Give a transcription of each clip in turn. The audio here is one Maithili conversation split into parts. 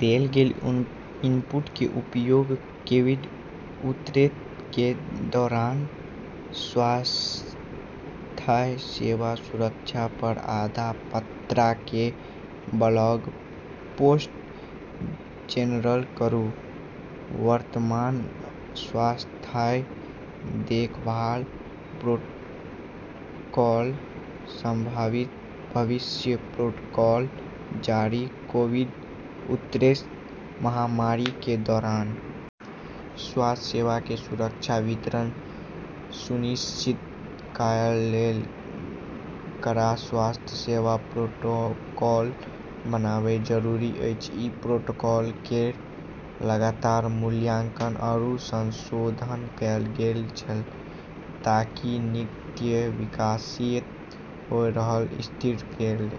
देल गेल इनपुट के उपयोग कोविड उन्नैस के दौरान स्वास्थ्य सेवा सुरक्षा पर आधा पन्ना के ब्लॉग पोस्ट जेनरेट करू, वर्तमान स्वास्थ्य देखभाल प्रोटोकॉल संभावित भविष्य प्रोटोकॉल जारी कोविड उन्नैस महामारी के दौरान स्वास्थ्य सेवा के सुरक्षित वितरण सुनिश्चित करय लेल कड़ा स्वास्थ्य सेवा प्रोटोकॉल बनाबय के जरूरत अछि, ई प्रोटोकॉल केरऽ लगातार मूल्यांकन आरू संशोधन करलऽ गेलऽ छै ताकि नित्य विकसित होय रहलऽ स्थिति केरऽ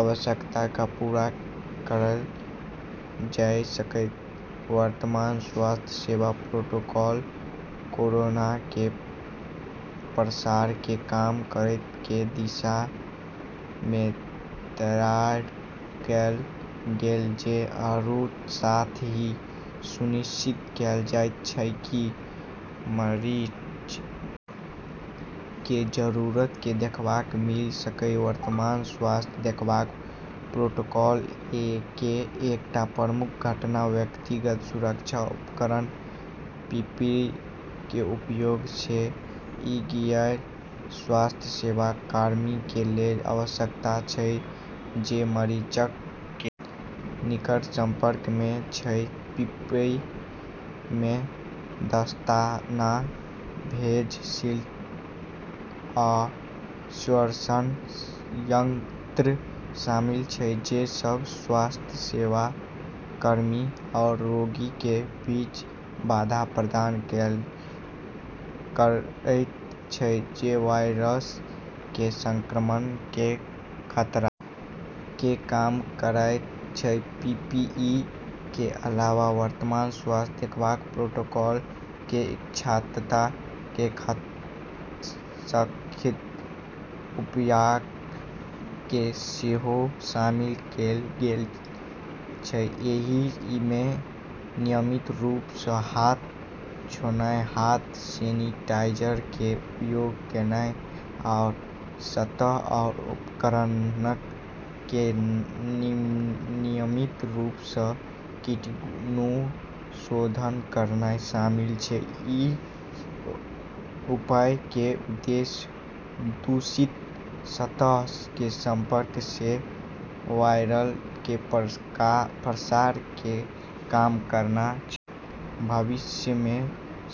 आवश्यकता क पूरा करलऽ जाय सकै, वर्तमान स्वास्थ्य सेवा प्रोटोकॉल कोरोना के प्रसार के कम करै के दिशा मे तैयार करलऽ गेलऽ छै आरू साथ ही ई सुनिश्चित करलऽ जाय छै कि मरीजऽ के जरूरत के देखभाल मिल सके, वर्तमान स्वास्थ्य देखभाल प्रोटोकॉल कें एकटा प्रमुख घटक व्यक्तिगत सुरक्षा उपकरण (पीपीई) कें उपयोग छै, इ गियर स्वास्थ्य सेवा कर्मी कें लेल आवश्यक छै जे मरीजक कें निकट संपर्क मे छै, पीपीई मे दस्ताना, फेस शील्ड आ श्वसन यंत्र शामिल छै जे सब स्वास्थ्य सेवा कर्मी आ रोगी कें बीच बाधा प्रदान करएयत छै जे वायरस कें संक्रमण कें खतरा कें कम करएयत छै, पीपीई कें अलावा वर्तमान स्वास्थ्य देखभाल प्रोटोकॉल मे स्वच्छता कें सख्त उपायक कें सेहो शामिल कैल गेल छै, एहि मे नियमित रूप सं हाथ धोनाय, हाथ सेनेटाइजर कें उपयोग करनाय आ सतह आ उपकरणक कें नियमित रूप सं कीटाणुशोधन करनाय शामिल छै, ई उपायऽ के उद्देश्य दूषित सतहऽ के संपर्क से वायरस के प्रसार के कम करना छै। भविष्य मे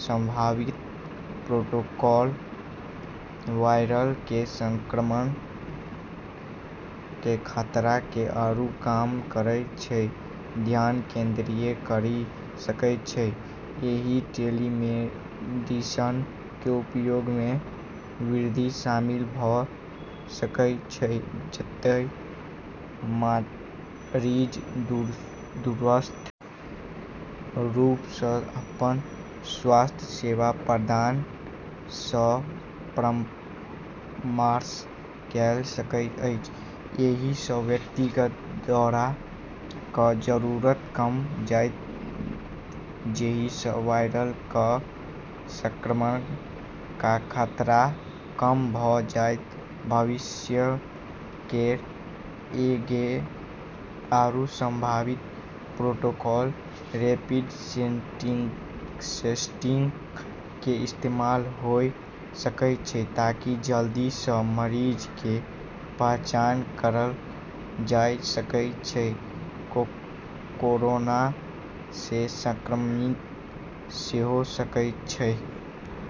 संभावित प्रोटोकॉल वायरस के संक्रमण के खतरा के आरू कम करै पे ध्यान केंद्रित करी सकै छै, एहि मे टेलीमेडिसिन कें उपयोग मे वृद्धि शामिल भ सकय छै जतय मरीज दूरस्थ रूप सं अपन स्वास्थ्य सेवा प्रदाता सं परामर्श कयर सकय छै एहि स व्यक्तिगत दौरा क जरूरत कम भ जाएत जाहि स वायरस क संक्रमण क खतरा कम भ जाएत, भविष्य केरऽ एगो आरू संभावित प्रोटोकॉल रैपिड टेस्टिंग के इस्तेमाल होय सकै छै ताकि जल्दी स मरीजऽ के पहचान करलऽ जाय सके जे कोरोना से संक्रमित होय सकै छै।